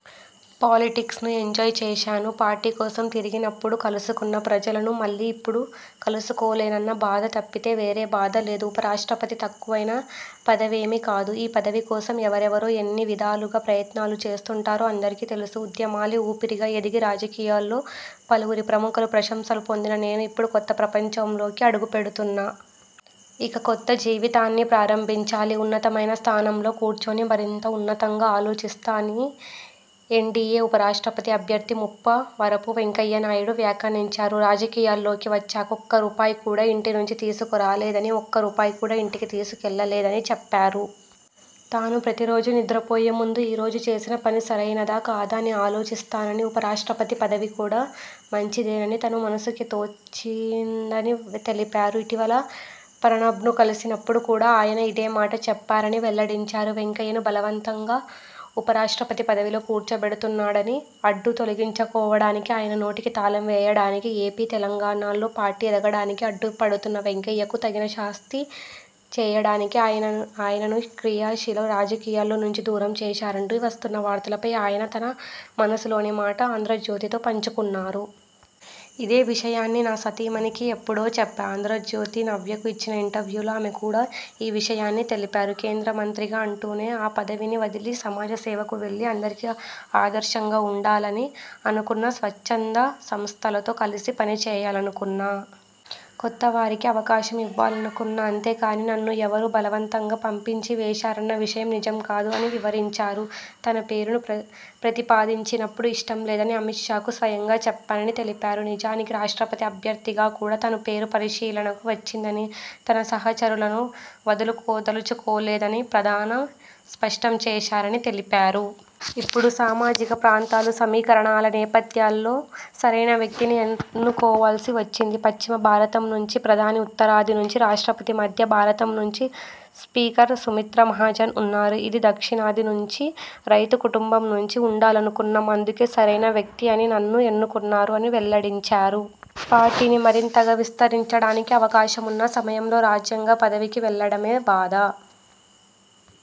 Politics ను enjoy చేశాను. Party కోసం తిరిగినప్పుడు కలుసుకున్న ప్రజలను మళ్లీ ఇప్పుడు కలుసుకోలేనన్న బాధ తప్పితే వేరే బాధ లేదు. ఉప రాష్ట్రపతి తక్కువైన పదవేమీ కాదు. ఈ పదవి కోసం ఎవరెవరు ఎన్ని విధాలుగా ప్రయత్నాలు చేస్తుంటారో అందరికీ తెలుసు. ఉద్యమాలే ఊపిరిగా ఎదిగి, రాజకీయాల్లో పలువురి ప్రముఖుల ప్రశంసలు పొందిన నేను ఇప్పుడు కొత్త ప్రపంచంలోకి అడుగు పెడుతున్నా. ఇక కొత్త జీవితాన్ని ప్రారంభించాలి. ఉన్నతమైన స్థానంలో కూర్చొని మరింత ఉన్నతంగా ఆలోచిస్తా'' అని ఎన్డీయే ఉప రాష్ట్రపతి అభ్యర్థి ముప్పవరపు వెంకయ్య నాయుడు వ్యాఖ్యానించారు. రాజకీయాల్లోకి వచ్చాక ఒక్క రూపాయి కూడా ఇంటి నుంచి తీసుకురాలేదని, ఒక్క రూపాయి కూడా ఇంటికి తీసుకెళ్లలేదని చెప్పారు. తాను ప్రతిరోజూ నిద్రపోయే ముందు ఈరోజు చేసిన పని సరైనదా? కాదా? అని ఆలోచిస్తానని, ఉప రాష్ట్రపతి పదవి కూడా మంచిదేనని తన మనసుకి తోచిందని తెలిపారు. ఇటీవల ప్రణబ్ను కలిసినప్పుడు కూడా ఆయన ఇదే మాట చెప్పారని వెల్లడించారు. వెంకయ్యను బలవంతంగా ఉప రాష్ట్రపతి పదవిలో కూర్చోబెడుతున్నారని, అడ్డు తొలగించుకోవడానికి, ఆయన నోటికి తాళం వేయడానికి, ఏపీ, తెలంగాణల్లో పార్టీ ఎదగడానికి అడ్డు పడుతున్న వెంకయ్యకు తగిన శాస్తి చేయడానికే ఆయనను క్రియాశీల రాజకీయాల్లో నుంచి దూరం చేశారంటూ వస్తున్న వార్తలపై ఆయన తన మనసులోని మాటను 'ఆంధ్రజ్యోతి'తో పంచుకున్నారు. ఇదే విషయాన్ని నా సతీమణికి ఎప్పుడో చెప్పా. 'ఆంధ్రజ్యోతి' నవ్యకు ఇచ్చిన ఇంటర్యూలో ఆమె కూడా ఈ విషయాన్ని తెలిపారు. కేంద్ర మంత్రిగా ఉంటూనే ఆ పదవిని వదిలి సమాజ సేవకు వెళ్లి అందరికీ ఆదర్శంగా ఉండాలని అనుకున్నా. స్వచ్ఛంద సంస్థలతో కలిసి పని చేయాలనుకున్నా. కొత్తవారికి అవకాశం ఇవ్వాలనుకున్నా. అంతేకానీ, నన్ను ఎవరో బలవంతంగా పంపించి వేశారన్న విషయం నిజం కాదు'' అని వివరించారు. తన పేరును ప్రతిపాదించినప్పుడు ఇష్టం లేదని అమిత్ షాకు స్వయంగా చెప్పానని తెలిపారు. నిజానికి రాష్ట్రపతి అభ్యర్థిగా కూడా తన పేరు పరిశీలనకు వచ్చిందని, తన సహచరులను వదులుకోదలచుకోలేదని ప్రధాని స్పష్టం చేశారని తెలిపారు. ''ఇప్పుడు సామాజిక, ప్రాంతాల సమీకరణాల నేపథ్యంలో సరైన వ్యక్తిని ఎన్నుకోవాల్సి వచ్చింది. పశ్చిమ భారతం నుంచి ప్రధాని, ఉత్తరాది నుంచి రాష్ట్రపతి, మధ్య భారతం నుంచి స్పీకర్ సుమిత్రా మహాజన్ ఉన్నారు. ఇక దక్షిణాది నుంచి రైతు కుటుంబం నుంచి ఉండాలనుకున్నాం. అందుకే సరైన వ్యక్తి అని నన్ను ఎన్నుకున్నారు'' అని వెల్లడించారు. పార్టీని మరింతగా విస్తరించడానికి అవకాశం ఉన్న సమయంలో రాజ్యాంగ పదవికి వెళ్లడమే బాధ